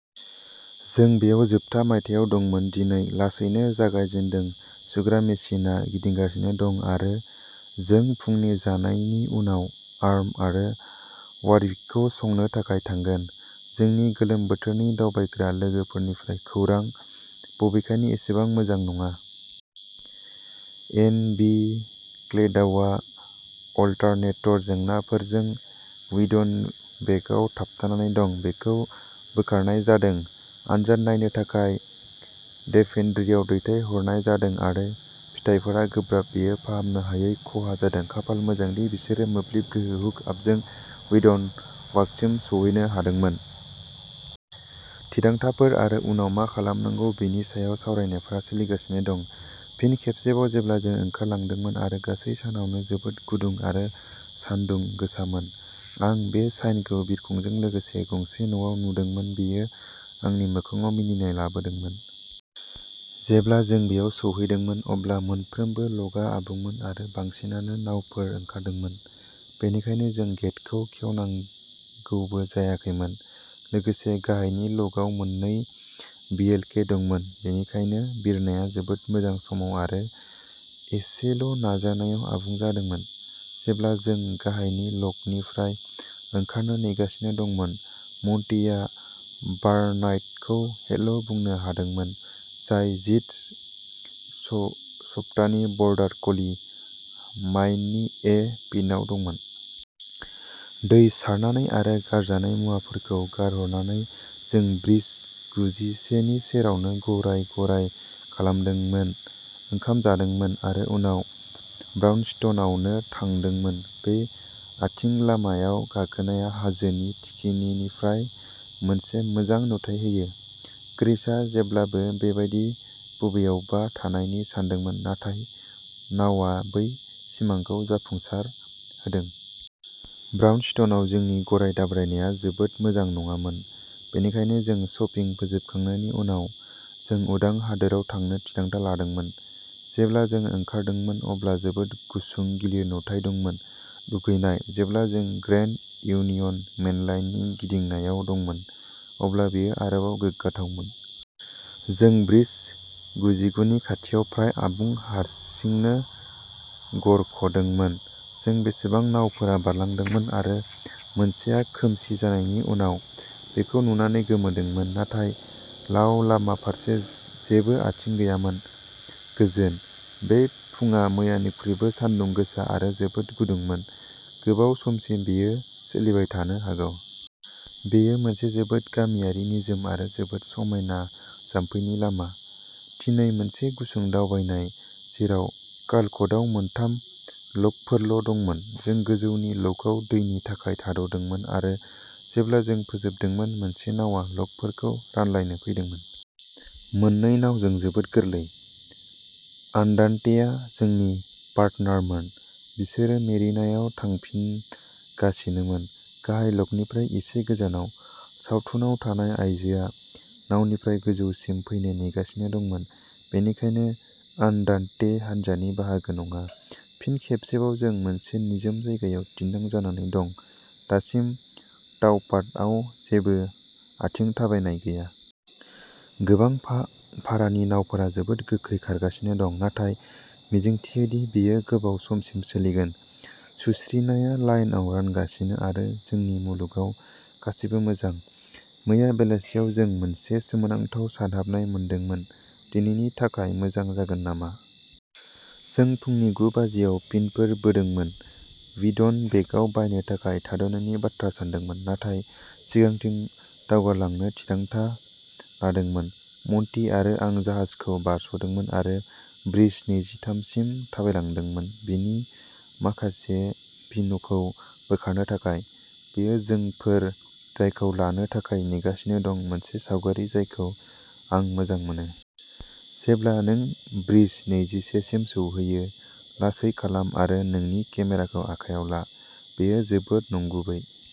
जों बेयाव जोबथा मायथाइयाव दंमोन दिनै लासैनो जागाय जेनदों सुग्रा मेसिनआ गिदिंगासिनो दं आरो जों फुंनि जानायनि उनाव आर्म आरो वारविकखौ संनो थाखाय थांगोन। जोंनि गोलोम बोथोरनि दावबायग्रा लोगोफोरनिफ्राय खौरां, बबेखानि, एसेबां मोजां नङा। एन बि क्लेडाउआ अल्टरनेटर जेंनाफोरजों वीडन बेकआव थाबथानानै दं। बेखौ बोखारनाय जादों, आनजाद नायनो थाखाय डेभेन्ट्रीआव दैथायहरनाय जादों आरो फिथायफोरा गोब्राब बेयो फाहामनो हायै खहा जादों। खाफाल मोजां दि बिसोरो मोब्लिब गोहो हुक आपजों वीडन वार्फसिम सौहैनो हादोंमोन। थिरांथाफोर आरो उनाव मा खालामनांगौ बेनि सायाव सावरायनायफोरा सोलिगासिनो दं। फिन खेबसेबाव जेब्ला जों ओंखारलांदोंमोन आरो गासै सानावनो जोबोद गुदुं आरो सान्दुं गोसामोन। आं बे साइनखौ बिरखंजों लोगोसे गंसे न'आव नुदोंमोन बेयो आंनि मोखांआव मिनिनाय लाबोदोंमोन। जेब्ला जों बेयाव सौहैदोंमोन अब्ला मोनफ्रोमबो लकआ आबुंमोन आरो बांसिनानो नावफोर ओंखारदोंमोन। बेनिखायनो जों गेटखौ खेवनांगौबो जायाखैमोन। लोगोसे गाहायनि ल'कआव मोननै भिएलके दंमोन, बेनिखायनो बिरनाया जोबोद मोजां समाव आरो एसेल'नाजानायाव आबुं जादोंमोन। जेब्ला जों गाहायनि ल'कनिफ्राय ओंखारनो नेगासिनो दंमोन, मन्टिआ बार्नार्डखौ'हेल'बुंनो हादोंमोन, जाय जिद स सप्तानि बर्डार कलि, माइननि ए पिन्टआव दंमोन। दै सारनानै आरो गारनाय मुवाफोरखौ गारहरनानै जों ब्रिज गुजिसे नि सेरावनो गराय-गराय खालामदोंमोन, ओंखाम जादोंमोन आरो उनाव ब्राउनस्टनआवनो थांदोंमोन। बे आथिं लामा आव गाखोनाया हाजोनि थिखिनिनिफ्राय मोनसे मोजां नुथाय होयो। क्रिसआ जेब्लाबो बेबादि बबेयावबा थानायनि सानदोंमोन, नाथाय नावआ बै सिमांखौ जाफुंसार होदों! ब्राउनस्टनआव जोंनि गराय दाब्रायनाया जोबोद मोजां नङामोन, बेनिखायनो जों शपिं फोजोबखांनायनि उनाव जों उदां हादोराव थांनो थिरांथा लादोंमोन। जेब्ला जों ओंखारदोंमोन, अब्ला जोबोद गुसुं गिलिर नुथाय दंमोन। दुगैनाय। जेब्ला जों ग्रेन्ड इउनियन मेनलाइननि गिदिंनायाव दंमोन, अब्ला बेयो आरोबाव गोग्गाथावमोन। जों ब्रिज गुजुिगुनि खाथियाव फ्राय आबुं हारसिंनो गरख'दोंमोन। जों बेसेबां नावफोरा बारलांदोंमोन आरो मोनसेआ खोमसि जानायनि उनाव, बेखौ नुनानै गोमोदोंमोन, नाथाय लाव लामा फारसे जेबो आथिं गैयामोन गोजोन। बे फुंआ मैयानिख्रुइबो सानदुं गोसा आरो जोबोद गुदुंमोन गोबाव समसिम बेयो सोलिबाय थानो हागौ। बेयो मोनसे जोबोद गामियारि निजोम आरो जोबोद समायना जाम्फैनि लामा। दिनै मोनसे गुसुं दावबायनाय, जेराव कालकटआव मोनथाम ल'कफोरल'दंमोन। जों गोजौनि ल'कआव दैनि थाखाय थाद'दोंमोन आरो जेब्ला जों फोजोबदोंमोन मोनसे नावआ ल'कफोरखौ रानलायनो फैदोंमोन। मोननै नावजों जोबोद गोरलै। आन्दान्तेआ जोंनि पार्टनारमोन-बिसोरो मेरिनायाव थांफिनगासिनोमोन, गाहाय ल'कनिफ्राय एसे गोजानाव। सावथुनाव थानाय आइजोआ नावनिफ्राय गोजौसिम फैनो नेगासिनो दंमोन, बेनिखायनो आन्दान्ते हान्जानि बाहागो नङा। फिन खेबसेबाव जों मोनसे निजोम जायगायाव दिन्दां जानानै दं, दासिम तावपाथआव जेबो आथिं थाबायनाय गैया। गोबां भा भारानि नावफोरा जोबोद गोख्रै खारगासिनो दं, नाथाय मिजिंथियो दि बेयो गोबाव समसिम सोलिगोन। सुस्रिनाया लाइनआव रानगासिनो आरो जोंनि मुलुगाव गासैबो मोजां। मैया बेलासियाव जों मोनसे सोमोनांथाव सानहाबनाय मोनदोंमोन। दिनैनि थाखाय मोजां जागोन नामा? जों फुंनि गु बाजिआव पिनफोर बोदोंमोन, वीडन बेकआव बायनो थाखाय थाद'नायनि बाथ्रा सानदोंमोन, नाथाय सिगांथिं दावगालांनो थिरांथा लादोंमोन। मन्टि आरो आं जाहाजखौ बारस'दोंमोन आरो ब्रिज नैजिथाम सिम थाबायलांदोंमोन बिनि माखासे'बिन'खौ बोखारनो थाखाय। बेयो जोंफोर, जायखौ लानो थाखाय नेगासिनो दं मोनसे सावगारि जायखौ आं मोजां मोनो। जेब्ला नों ब्रिज नैजिसे सिम सौहैयो, लासै खालाम आरो नोंनि केमेराखौ आखायाव ला। बेयो जोबोद नंगुबै ।